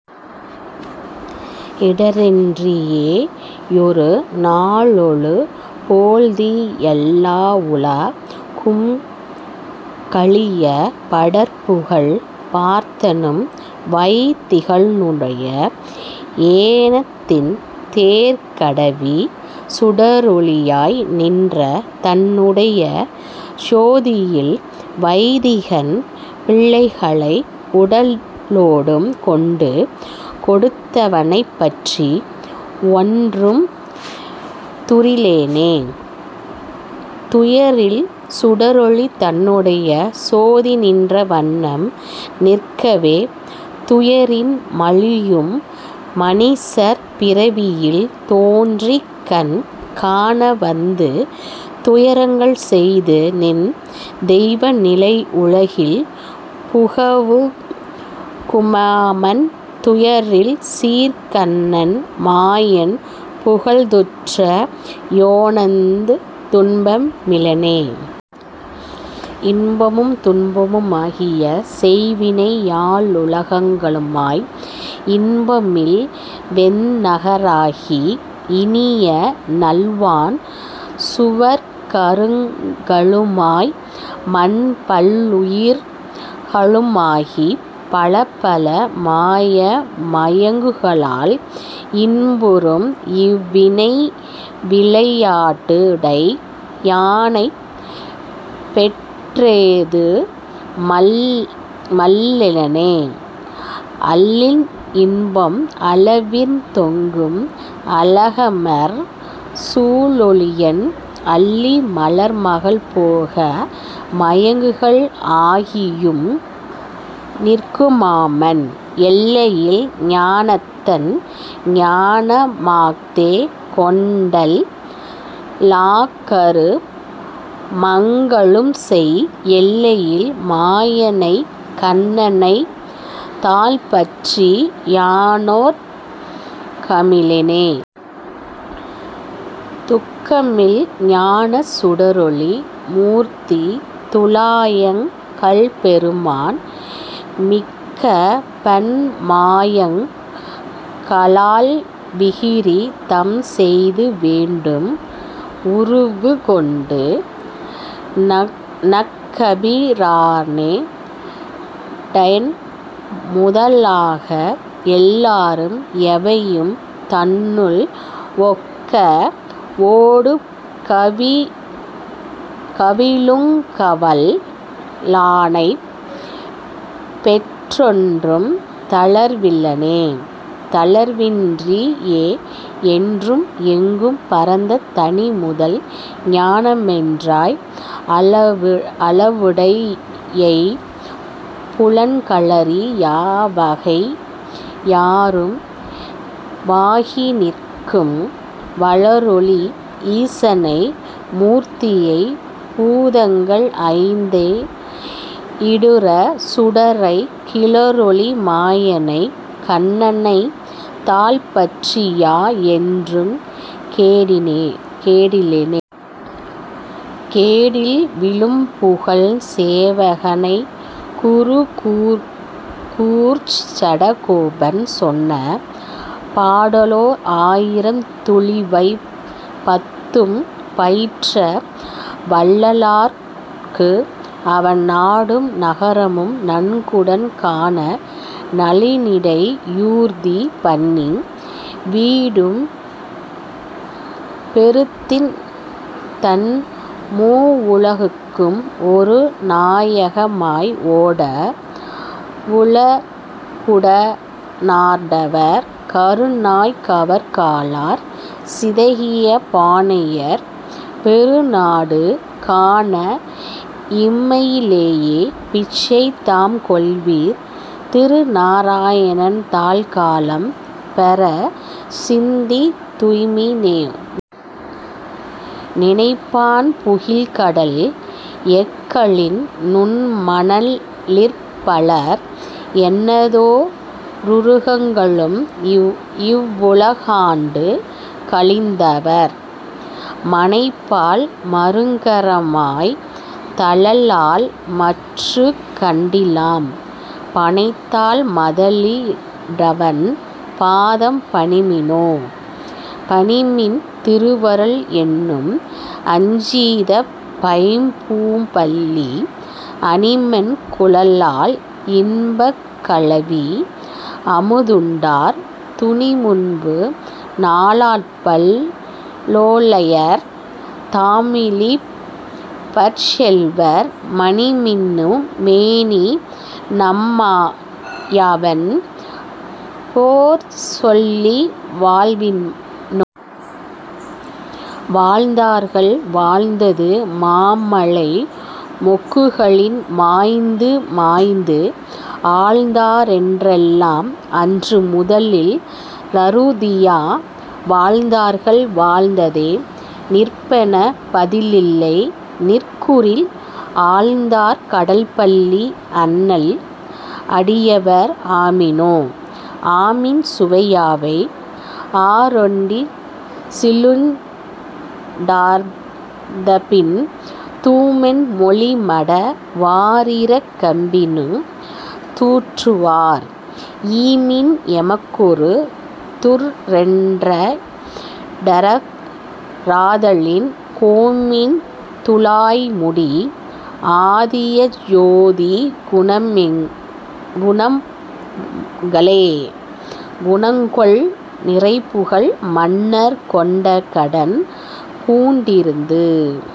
இடரின்றி யேயொரு நாளொரு போழ்திலெல் லாவுல கும்கழிய, படர்ப்புகழ்ப் பார்த்தனும் வைதிக னுமுடன் ஏறத்திண் தேர்க்கடவி, சுடரொளி யாய்நின்ற தன்னுடையச் சோதியில் வைதிகன் பிள்ளைகளை, உடலொடும் கொண்டு கொடுத்தவ னைப்பற்றி ஒன்றும் துயரிலனே.. துயரில் சுடரொளி தன்னுடைச் சோதி நின்ற வண்ணம் நிற்கவே, துயரில் மலியும் மனிசர் பிறவியில் தோன்றிக்கண் காணவந்து, துயரங்கள் செய்து நன் தெய்வ நிலையுலகில் புக வுய்க்குமம்மன், துயரமில் சீர்க்கண்ணன் மாயன் புகழ்துற்ற யானோர்து ன்பமிலனே.. இன்பமும் துன்பமு மாகிய செய்வினை யாயுல கங்களுமாய், இன்பமில் வெந்நக காகி இனியநல் வான் சுவர்க் கங்களுமாய், மன்பல் லுயிர்களு மாகிப் பலபல மாய மயக்குகளால், இன்புரும் இவ்விளை யாட்டுடை யானைப்பெற் றேதுமல் லலிலனே.. அல்லலில் இன்பம் அளவிறந் தெங்கும் அழகமர் சூழொளியன், அல்லி மலர்மகள் போக மயக்குகள் ஆகியும் நிற்குமம்மான், எல்லையில் ஞானத்தன் ஞானமஃதேகொண்டெல் லாக்கரு மங்களும்செய், எல்லையில் மாயனைக் கண்ணனைத் தாள்பற்றி யானோர் கமிலனே.. துக்கமில் ஞானச் சுடரொளி மூர்த்தி துழாயங் கல்பெருமான், மிக்கபன் மாயங்க ளால்விகிர் தம்செய்து வேண்டும் உருவுகொண்டு, நக்கபி ரானோ டயன்முத லாகஎல் லாரும் எவையும், தன்னுள் ஒக்கவொ டுங்கவி ழுங்கவல் லானைப்பெற் றொன்றும் தளர்விலனே.. தளர்வின்றி யேயென்றும் எங்கும் பரந்த தனிமுதல் ஞானமன்றாய், அளவுடை யைம்புலன் களறி யாவகை யாரு வாகிநிற்கும், வளரொளி ஈசனை மூர்த்தியைப் பூதங்கள் ஐந்தை யிருசுடரை, கிளரொளி மாயனைக் கண்ணனைத் தாள்பற்றி யானென்றும் கேடிலனே. கேடில்வி ழுப்புகழ்க் சேவக னைக்குரு கூர்ச்சட கோபன் சொன்ன, பாடலோ ராயிரத் துளிவை பத்தும் பயிற்றவல் லார்கட்கு, அவன் நாடும் நகரமும் நன்குடன் காண நலனிடை யூர்தி பண்ணி, வீடும்பெ றுத்தித்தன் மூவுல குக்கும் ஒருநா யகமாய் ஓட, வுலகுட னாண்டவர், கருநாய் கவர்ந்த காலர் சிதைகிய பானையர், பெருநாடு காண இம்மையிலேயேபிச்சை தாம்கொள்வர், திருநாரணன்தாள் காலம் பெறச்சிந்தித் துய்ம்மினோ.. நினைப்பான் புகில்கடல் எக்கலின் நுண்மண லிற்பலர், எனைத்தோ ருகங்களும் இவ்வுல காண்டு கழிந்தவர், மனைப்பால் மருங்கற மாய்தலல்லால்மற்றுக் கண்டிலம், பனைத்தாள் மதகளி றட்டவன் பாதம் பணிமினோ.. பணிமின் திருவருள் என்னும்அஞ்சீதப் பைம்பூம்பள்ளி, அணிமென் குழலார் இன்பக்கலவி அமுதுண்டார், துணிமுன்பு நாலப்பல் லோழையர் தாமிழிப் பச்செல்வர், மணிமின்னு மேனிநம் மாயவன் பேர்சொல்லி வாழ்மினோ.. வாழ்ந்தார்கள் வாழ்ந்தது மாமழை மொக்குகளின் மாய்ந்துமாய்ந்து, ஆழ்ந்தாரென் றல்லாம் அன்று முதலின் றறுதியா, வாழ்ந்தார்கள் வாழ்ந்தே நிற்பரென் பதில்லை நிற்குறில், ஆழ்ந்தார் கடல்பள்ளி அண்ணல் அடியவர் ஆமினோ.. ஆமின் சுவையாவை ஆறொடடிசிலுண் டார்ந்தபின், தூமென் மொழிமட வாரிரக்கப்பின்னி துற்றுவார், ஈமின் எமக்கொரு துற் றென்றிடற ராதலின், கோமின் துழாய்முடி ஆதியஞ்சோதி குணங்களே.. குணங்கொள் நிறைபுகழ் மன்னர்க்கொண்டக்கடன் பூண்டிருந்து,